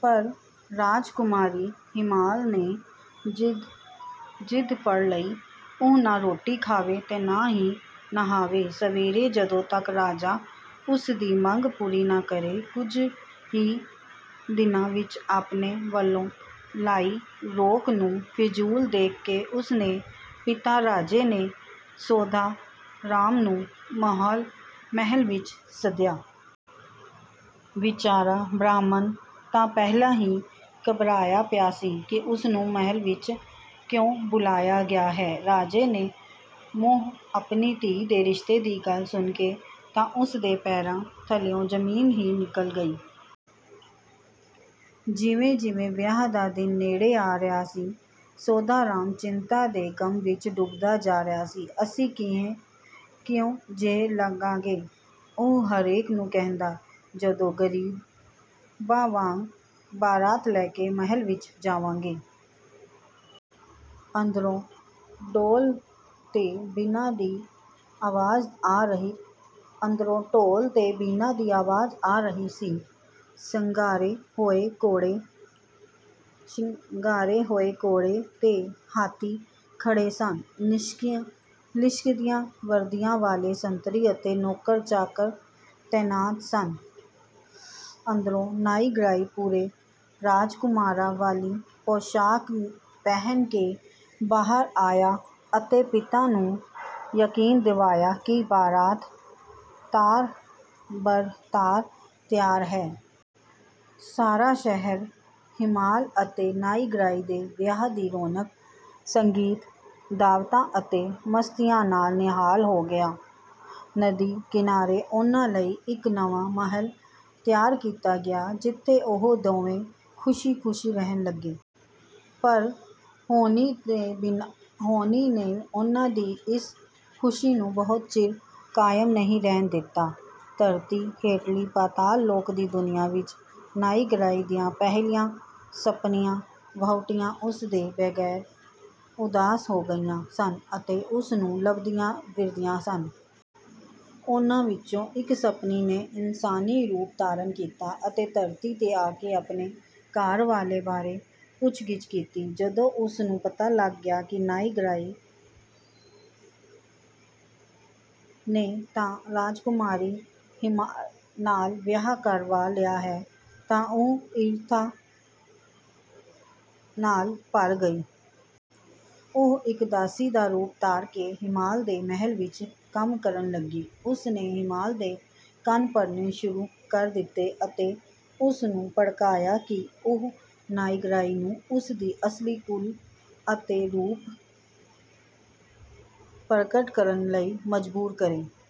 ਪਰ ਰਾਜਕੁਮਾਰੀ ਹੀਮਾਲ ਨੇ ਜ਼ਿੱਦ ਫੜ ਲਈ—ਉਹ ਨਾ ਰੋਟੀ ਖਾਵੇ ਤੇ ਨਾ ਹੀ ਨਹਾਵੇ-ਸੰਵਰੇ, ਜਦੋਂ ਤੱਕ ਰਾਜਾ ਉਸ ਦੀ ਮੰਗ ਪੂਰੀ ਨਾ ਕਰੇ। ਕੁਝ ਹੀ ਦਿਨਾਂ ਵਿੱਚ, ਆਪਣੇ ਵੱਲੋਂ ਲਾਈ ਰੋਕ ਨੂੰ ਫ਼ਿਜ਼ੂਲ ਦੇਖ ਕੇ, ਉਸ ਦੇ ਪਿਤਾ ਰਾਜੇ ਨੇ ਸੋਧਾ ਰਾਮ ਨੂੰ ਮਹੱਲ ਵਿੱਚ ਸੱਦਿਆ। ਵਿਚਾਰਾ ਬ੍ਰਾਹਮਣ ਤਾਂ ਪਹਿਲਾਂ ਹੀ ਘਬਰਾਇਆ ਪਿਆ ਸੀ ਕਿ ਉਸ ਨੂੰ ਮਹੱਲ ਵਿੱਚ ਕਿਉਂ ਬੁਲਾਇਆ ਗਿਆ ਹੈ। ਰਾਜੇ ਦੇ ਮੂੰਹੋਂ ਆਪਣੀ ਧੀ ਦੇ ਰਿਸ਼ਤੇ ਦੀ ਗੱਲ ਸੁਣ ਕੇ ਤਾਂ ਉਸ ਦੇ ਪੈਰਾਂ ਥੱਲਿਓਂ ਜ਼ਮੀਨ ਹੀ ਨਿਕਲ ਗਈ! ਜਿਵੇਂ-ਜਿਵੇਂ ਵਿਆਹ ਦਾ ਦਿਨ ਨੇੜੇ ਆ ਰਿਹਾ ਸੀ, ਸੋਧਾ ਰਾਮ ਚਿੰਤਾ ਦੇ ਗ਼ਮ ਵਿੱਚ ਡੁੱਬਦਾ ਜਾ ਰਿਹਾ ਸੀ। "ਅਸੀਂ ਕਿਹੋ ਜਿਹੇ ਲੱਗਾਂਗੇ," ਉਹ ਹਰੇਕ ਨੂੰ ਕਹਿੰਦਾ, "ਜਦੋਂ ਗ਼ਰੀਬਾਂ ਵਾਂਗ ਬਾਰਾਤ ਲੈ ਕੇ ਮਹੱਲ ਵਿੱਚ ਜਾਵਾਂਗੇ!" ਅੰਦਰੋਂ ਢੋਲ ਤੇ ਬੀਨਾਂ ਦੀ ਆਵਾਜ਼ ਆ ਰਹੀ ਸੀ, ਸ਼ਿੰਗਾਰੇ ਹੋਏ ਘੋੜੇ ਤੇ ਹਾਥੀ ਖੜ੍ਹੇ ਸਨ, ਲਿਸ਼ਕਦੀਆਂ ਵਰਦੀਆਂ ਵਾਲੇ ਸੰਤਰੀ ਅਤੇ ਨੌਕਰ-ਚਾਕਰ ਤੈਨਾਤ ਸਨ। ਅੰਦਰੋਂ ਨਾਇਗ੍ਰਾਈ ਪੂਰੇ ਰਾਜਕੁਮਾਰਾਂ ਵਾਲੀ ਪੋਸ਼ਾਕ ਪਹਿਨ ਕੇ ਬਾਹਰ ਆਇਆ ਅਤੇ ਪਿਤਾ ਨੂੰ ਯਕੀਨ ਦਿਵਾਇਆ ਕਿ ਬਾਰਾਤ ਤਾਰ-ਬਰ-ਤਾਰ ਤਿਆਰ ਹੈ। ਸਾਰਾ ਸ਼ਹਿਰ ਹੀਮਾਲ ਅਤੇ ਨਾਇਗ੍ਰਾਈ ਦੇ ਵਿਆਹ ਦੀ ਰੌਣਕ, ਸੰਗੀਤ, ਦਾਅਵਤਾਂ ਅਤੇ ਮਸਤੀਆਂ ਨਾਲ ਨਿਹਾਲ ਹੋ ਗਿਆ। ਨਦੀ ਕਿਨਾਰੇ ਉਨ੍ਹਾਂ ਲਈ ਇੱਕ ਨਵਾਂ ਮਹੱਲ ਤਿਆਰ ਕੀਤਾ ਗਿਆ, ਜਿੱਥੇ ਉਹ ਦੋਵੇਂ ਖ਼ੁਸ਼ੀ-ਖ਼ੁਸ਼ੀ ਰਹਿਣ ਲੱਗੇ। ਪਰ ਹੋਣੀ ਨੇ ਉਨ੍ਹਾਂ ਦੀ ਇਸ ਖ਼ੁਸ਼ੀ ਨੂੰ ਬਹੁਤਾ ਚਿਰ ਕਾਇਮ ਨਹੀਂ ਰਹਿਣ ਦਿੱਤਾ। ਧਰਤੀ ਹੇਠਲੀ ਪਤਾਲ-ਲੋਕ ਦੀ ਦੁਨੀਆ ਵਿੱਚ ਨਾਇਗ੍ਰਾਈ ਦੀਆਂ ਪਹਿਲੀਆਂ ਸੱਪਣੀਆਂ-ਵਹੁਟੀਆਂ ਉਸ ਤੋਂ ਬਗ਼ੈਰ ਉਦਾਸ ਹੋ ਗਈਆਂ ਸਨ ਅਤੇ ਉਸ ਨੂੰ ਲੱਭਦੀਆਂ ਫਿਰਦੀਆਂ ਸਨ। ਉਨ੍ਹਾਂ ਵਿੱਚੋਂ ਇੱਕ ਸੱਪਣੀ ਨੇ ਇਨਸਾਨੀ ਰੂਪ ਧਾਰਨ ਕੀਤਾ ਅਤੇ ਧਰਤੀ 'ਤੇ ਆ ਕੇ ਆਪਣੇ ਘਰਵਾਲੇ ਬਾਰੇ ਪੁੱਛਗਿੱਛ ਕੀਤੀ। ਜਦੋਂ ਉਸ ਨੂੰ ਪਤਾ ਲੱਗਾ ਕਿ ਨਾਇਗ੍ਰਾਈ ਨੇ ਤਾਂ ਰਾਜਕੁਮਾਰੀ ਹੀਮਾਲ ਨਾਲ ਵਿਆਹ ਕਰਵਾ ਲਿਆ ਹੈ, ਤਾਂ ਉਹ ਈਰਖਾ ਨਾਲ ਭਰ ਗਈ। ਉਹ ਇੱਕ ਦਾਸੀ ਦਾ ਰੂਪ ਧਾਰ ਕੇ ਹੀਮਾਲ ਦੇ ਮਹੱਲ ਵਿੱਚ ਕੰਮ ਕਰਨ ਲੱਗੀ। ਉਸ ਨੇ ਹੀਮਾਲ ਦੇ ਕੰਨ ਭਰਨੇ ਸ਼ੁਰੂ ਕਰ ਦਿੱਤੇ ਅਤੇ ਉਸ ਨੂੰ ਭੜਕਾਇਆ ਕਿ ਉਹ ਨਾਇਗ੍ਰਾਈ ਨੂੰ ਉਸ ਦੀ ਅਸਲੀ ਕੁੱਲ ਅਤੇ ਰੂਪ ਪ੍ਰਗਟ ਕਰਨ ਲਈ ਮਜ਼ਬੂਰ ਕਰੇ।